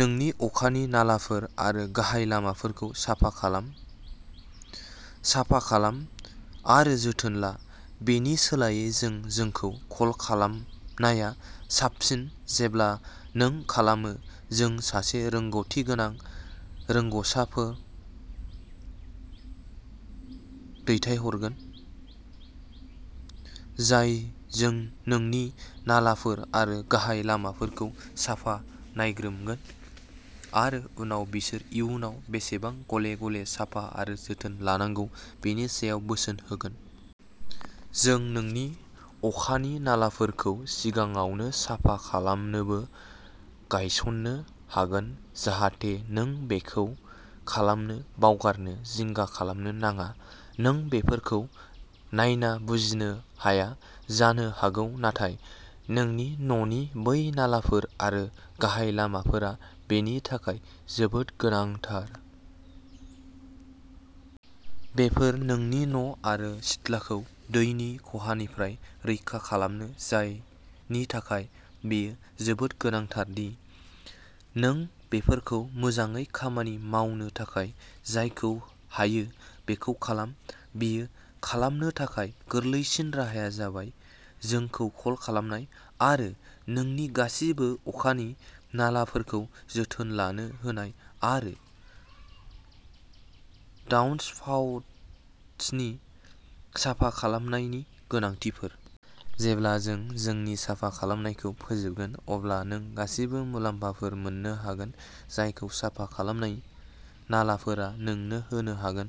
नोंनि अखानि नालाफोर आरो गाहाय लामाफोरखौ साफा खालाम, साफा खालाम आरो जोथोन ला, बेनि सोलायै जों जोंखौ कल खालामनाया साबसिन। जेब्ला नों खालामो, जों सासे रोंग'थिगोनां रोंग'सारखौ दैथायहरगोन जाय नोंनि नालाफोर आरो गाहाय लामाफोरखौ साफा आरो नायग्रोमगोन, आरो उनाव बिसोर इयुनाव बेसेबां गले-गले साफा आरो जोथोन लानांगौ बेनि सायाव बोसोन होगोन। जों नोंनि अखानि नालाफोरखौ सिगाङावनो साफा खालामनोबो गायसननो हागोन जाहाथे नों बेखौ खालामनो बावगारनो जिंगा खालामनो नाङा। नों बेफोरखौ नायना बुजिनो हाया जानो हागौ, नाथाय नोंनि न'नि बै नालाफोर आरो गाहाय लामाफोरा बेनि थाखाय जोबोद गोनांथार। बेफोर नोंनि न'आरो सिथ्लाखौ दैनि खहानिफ्राय रैखा खालामो, जायनि थाखाय बेयो जोबोद गोनांथार दि नों बेफोरखौ मोजाङै खामानि मावनो थाखाय जायखौ हायो बेखौ खालाम। बेयो खालामनो थाखाय गोरलैसिन राहाया जाबाय जोंखौ कल खालामनाय आरो नोंनि गासिबो अखानि नालाफोरखौ जोथोन लानो होनाय आरो डाउनस्पाउटस साफा खालामनायनि गोनांथिफोर। जेब्ला जों जोंनि साफा खालामनायखौ फोजोबगोन, अब्ला नों गासिबो मुलाम्फाफोर मोन्नो हागोन जायखौ साफा खालामनाय नालाफोरा नोंनो होनो हागोन।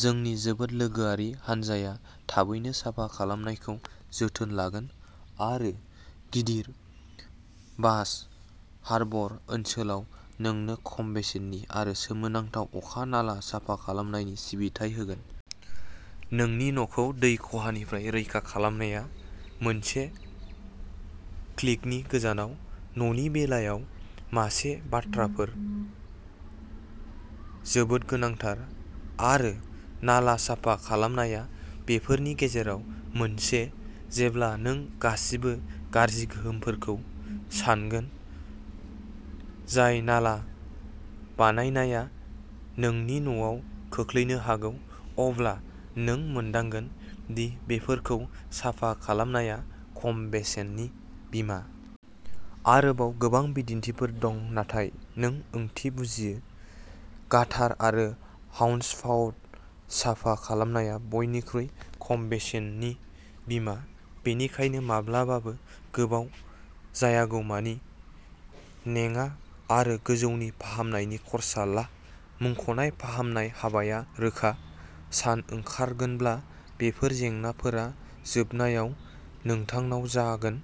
जोंनि जोबोद लोगोआरि हानजाया थाबैनो साफा खालामनायखौ जोथोन लागोन आरो गिदिर बास हार्बर ओनसोलाव नोंनो खम बेसेननि आरो सोमोनांथाव अखा नाला साफा खालामनायनि सिबिथाइ होगोन। नोंनि न'खौ दैनि खहानिफ्राय रैखा खालामनाया मोनसे क्लिकनि गोजानाव! न'नि बेलायाव माखासे बाथ्राफोर जोबोद गोनांथार आरो नाला साफा खालामनाया बेफोरनि गेजेराव मोनसे। जेब्ला नों गासिबो गाज्रि गोहोमफोरखौ सान्गोन जाय नाला बानायनाया नोंनि न'आव खोख्लैनो हागौ, अब्ला नों मोनदांगोन दि बेफोरखौ साफा खालामनाया खम बेसेननि बीमा। आरोबाव गोबां बिदिन्थिफोर दं नाथाय नों ओंथि बुजियो। गाटार आरो डाउनस्पाउट साफा खालामनाया बयनिख्रुइ खम बेसेननि बीमा, बेनिखायनो माब्लाबाबो गोबाव जायागौमानि नेङा आरो गोजौनि फाहामनायनि खर्सा ला। मुंख'नाय फाहामनाय हाबाया रोखा। सान ओंखारगोनब्ला, बेफोर जेंनाफोरा जोबनायाव नोंथांनाव जागोन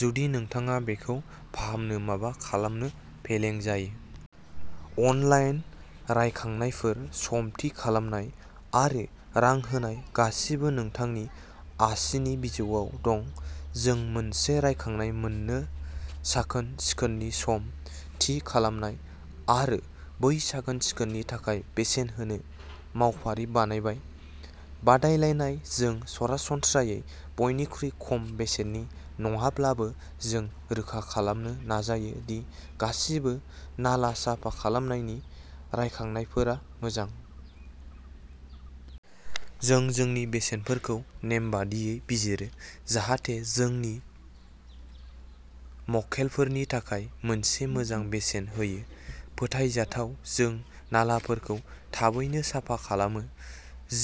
जुदि नोंथाङा बेखौ फाहामनो माबा खालामनो फेलें जायो। अनलाइन रायखांनायफोर, सम थि खालामनाय, आरो रां होनाय-गासिबो नोंथांनि आसिनि बिजौआव दं। जों मोनसे रायखांनाय मोन्नो, साखोन-सिखोननि सम थि खालामनाय आरो बै साखोन-सिखोननि थाखाय बेसेन होनो मावफारि बानायबाय। बादायलायनाय-जों सरासनस्रायै बयनिख्रुइ खम बेसेननि नङाब्लाबो, जों रोखा खालामनो नाजायो दि गासिबो नाला साफा खालामनायनि रायखांनायफोरा मोजां। जों जोंनि बेसेनफोरखौ नेमबादियै बिजिरो जाहाथे जोंनि मक्केलफोरनि थाखाय मोनसे मोजां बेसेन होयो। फोथायजाथाव-जों नालाफोरखौ थाबैनो साफा खालामो।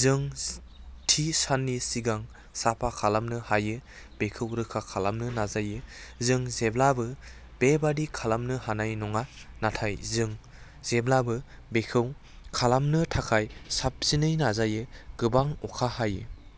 जों थि साननि सिगां साफा खालामनो हायो बेखौ रोखा खालामनो नाजायो। जों जेब्लाबो बेबादि खालामनो हानाय नङा, नाथाय जों जेब्लाबो बेखौ खालामनो थाखाय साबसिनै नाजायो। गोबां अखा हायो।